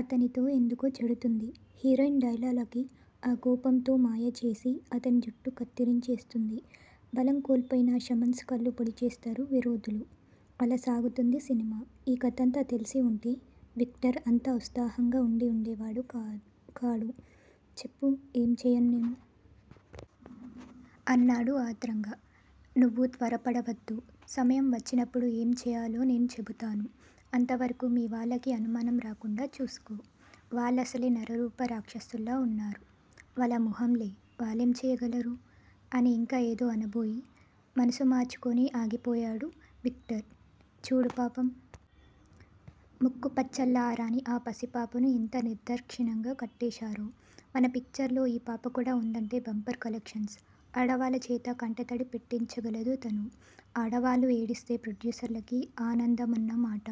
అతనితో ఎందుకో చెడుతుంది. హీరోయిన్ డెలైలాకి. ఆ కోపంతో మాయచేసి, అతని జుట్టు కత్తిరించేస్తుంది. బలం కోల్పోయిన శామ్సన్ కళ్ళు పొడిచేస్తారు విరోధులు. అలా సాగిపోతుంది సినిమా. ఈ కథంతా తెలిసి ఉంటే, విక్టర్ అంత ఉత్సాహంగా ఉండి ఉండేవాడు కాడు. చెప్పు! ఏం చెయ్యను నేను! అన్నాడు ఆత్రంగా. నువ్వు త్వరపడవద్దు, సమయం వచ్చినప్పుడు ఏం చెయ్యాలో నేను చెబుతాను- అంతవరకూ మీ వాళ్ళకి అనుమానం రాకుండా చూసుకో! వాళ్ళసలే నరరూప రాక్షసుల్లా ఉన్నారు వాళ్ళ మొహంలే! వాళ్ళేం చెయ్యగలరు! అని ఇంకా ఏదో అనబోయి, మనసు మార్చుకుని ఆగిపోయాడు విక్టర్. చూడు పాపం! ముక్కు పచ్చలారని ఆ పసిపాపను ఎంత నిర్దాక్షిణ్యంగా కట్టేశారో! మన పిక్చర్లో ఈ పాపకూడా ఉందంటే బంపర్ కలెక్షన్స్! ఆడవాళ్ళ చేత కంటతడి పెట్టించగలదు తను! ఆడవాళ్ళు ఏడిస్తే ప్రొడ్యూసర్లకి ఆనందమన్న మాట!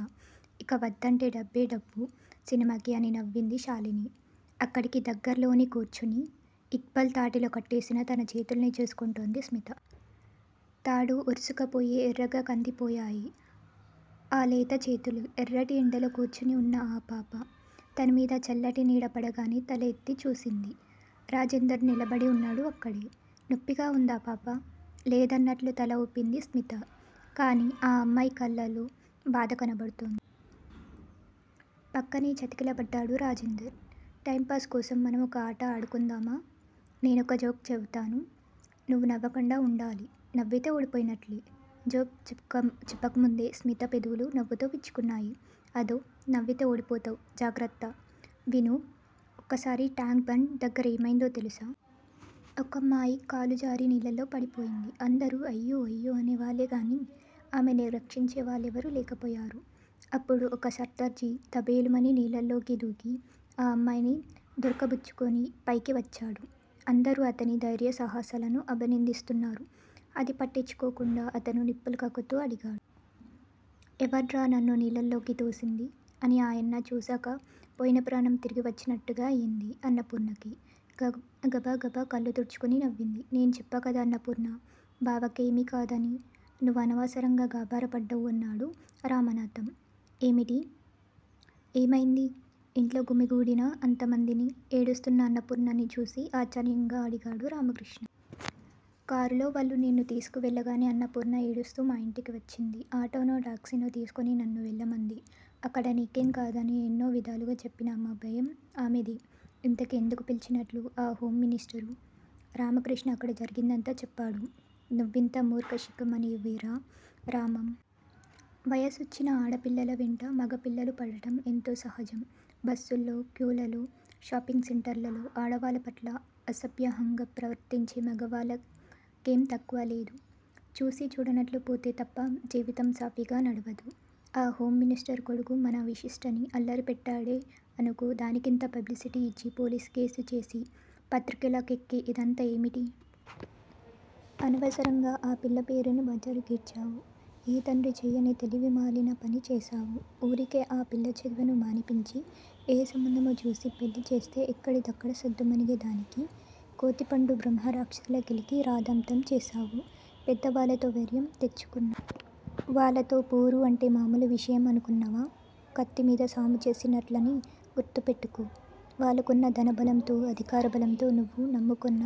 ఇక వద్దంటే డబ్బే డబ్బు సినిమాకి అని నవ్వింది శాలిని. అక్కడికి దగ్గరలోనే కూర్చుని, ఇక్బాల్ తాటితో కట్టేసిన తన చేతులని చూసుకుంటోంది స్మిత. తాడు ఒరుసుకుపోయి ఎర్రగా కందిపోయాయి, ఆ లేత చేతులు. ఎర్రటి ఎండలో కూర్చుని ఉన్న ఆ పాప, తనమీద చల్లటి నీడ పడగానే తల ఎత్తి చూసింది. రాజేందర్ నిలబడి ఉన్నాడు అక్కడే. నొప్పిగా ఉందా పాపా? లేదన్నట్లు తల ఊపింది స్మిత. కానీ ఆ అమ్మాయి కళ్ళలో బాధ కనబడుతోంది. పక్కనే చతికిల బడ్డాడు రాజేందర్. టైంపాస్ కోసం మనమొక ఆట ఆడుకుందామా? నేనొక జోక్ చెబుతాను. నువ్వు నవ్వకుండా ఉండాలి. నవ్వితే ఓడిపోయినట్లే! జోక్ చెప్పకముందే స్మిత పెదిమలు నవ్వుతో విచ్చుకున్నాయి. అదో! నవ్వితే ఓడిపోతావ్! జాగ్రత్త! విను. ఒకసారి టాంక్ బండ్ దగ్గర ఏమయిందో తెలుసా? ఒకమ్మాయి కాలు జారి నీళ్ళలో పడిపోయింది. అందరూ అయ్యో అయ్యో అనేవాళ్ళే గాని ఆమెని రక్షించే వాళ్ళెవరూ లేకపోయారు. అప్పుడు ఒక సర్దార్జీ దభేలుమని నీళ్ళలోకి దూకి, ఆ అమ్మాయిని దొరకబుచ్చుకుని, పైకి వచ్చాడు. అందరూ అతని ధైర్య సాహసాలను అభినందిస్తున్నారు. అది పట్టించుకోకుండా అతను నిప్పులు కక్కుతూ అడిగాడు. 'ఎవడ్రా నన్ను నీళ్ళలోకి తోసిందీ' అని ఆయన్ని చూశాక పోయిన ప్రాణం తిరిగివచ్చినట్టుగా అయింది అన్నపూర్ణకి. గబగబా కళ్ళు తుడుచుకుని నవ్వింది. నేను చెప్పాకదా అన్నపూర్ణా! బావకేమీ కాదని? నువ్వనవసరంగా గాబరా పడ్డావు! అన్నాడు రామనాధం. ఏమిటీ? ఏమైందీ? ఇంట్లో గుమి గూడిన అంత మందినీ, ఏడుస్తూన్న అన్నపూర్ణనీ చూసి ఆశ్చర్యంగా అడిగాడు రామకృష్ణ. కారులో వాళ్ళు నిన్ను తీసుకెళ్ళగానే అన్నపూర్ణ ఏడుస్తూ మా ఇంటికి వచ్చింది. ఆటోనో, టాక్సీనో తీసుకొని నన్ను వెళ్ళమంది. అక్కడ నీకేం కాదని ఎన్నివిధాలుగా చెప్పినా ఆమె భయం ఆమెదే! ఇంతకీ ఎందుకు పిలిపించినట్లు ఆ హోంమినిస్టరు? రామకృష్ణ అక్కడ జరిగిందంతా చెప్పాడు. నువ్వింత మూర్ఖశిఖామణివిరా రామం! వయసొచ్చిన ఆడపిల్లల వెంట మగ పిల్లలు పడడం ఎంతో సహజం. బస్సుల్లో క్యూలలో, షాపింగ్ సెంటర్లలో ఆడవాళ్ళ పట్ల అసభ్యంగా ప్రవర్తించే మగవాళ్ళకేం తక్కువ లేదు. చూసీ చూడనట్లు పోతే తప్ప జీవితం సాఫీగా నడవదు. ఆ హోంమినిస్టరు కొడుకు మన విశిష్టని అల్లరి పెట్టాడే అనుకో దానికింత పబ్లిసిటీ ఇచ్చి పోలీసు కేసు చేసి పత్రికలకెక్కి ఇదంతా ఏమిటి? అనవసరంగా ఆ పిల్ల పేరును బజారుకీడ్చావు! ఏ తండ్రీ చెయ్యని తెలివి మాలిన పని చేశావు. ఊరికే ఆ పిల్లను చదువు మానిపించి, ఏ సంబంధమో చూసి పెళ్ళి చేస్తే ఎక్కడిదక్కడ సద్దుమణిగే దానికి కోతి పుండు బ్రహ్మరాక్షసిలా కెలికి రాద్దాంతం చేశావు. పెద్దవాళ్ళతో వైరం తెచ్చుకున్నావు. వాళ్ళతో పోరు అంటే మామూలు విషయం అనుకొన్నావా? కత్తిమీద సాము చేసినట్లని గుర్తుపెట్టుకో. వాళ్ళకున్న ధనబలంతో, అధికార బలంతో నువ్వు నమ్ముకొన్న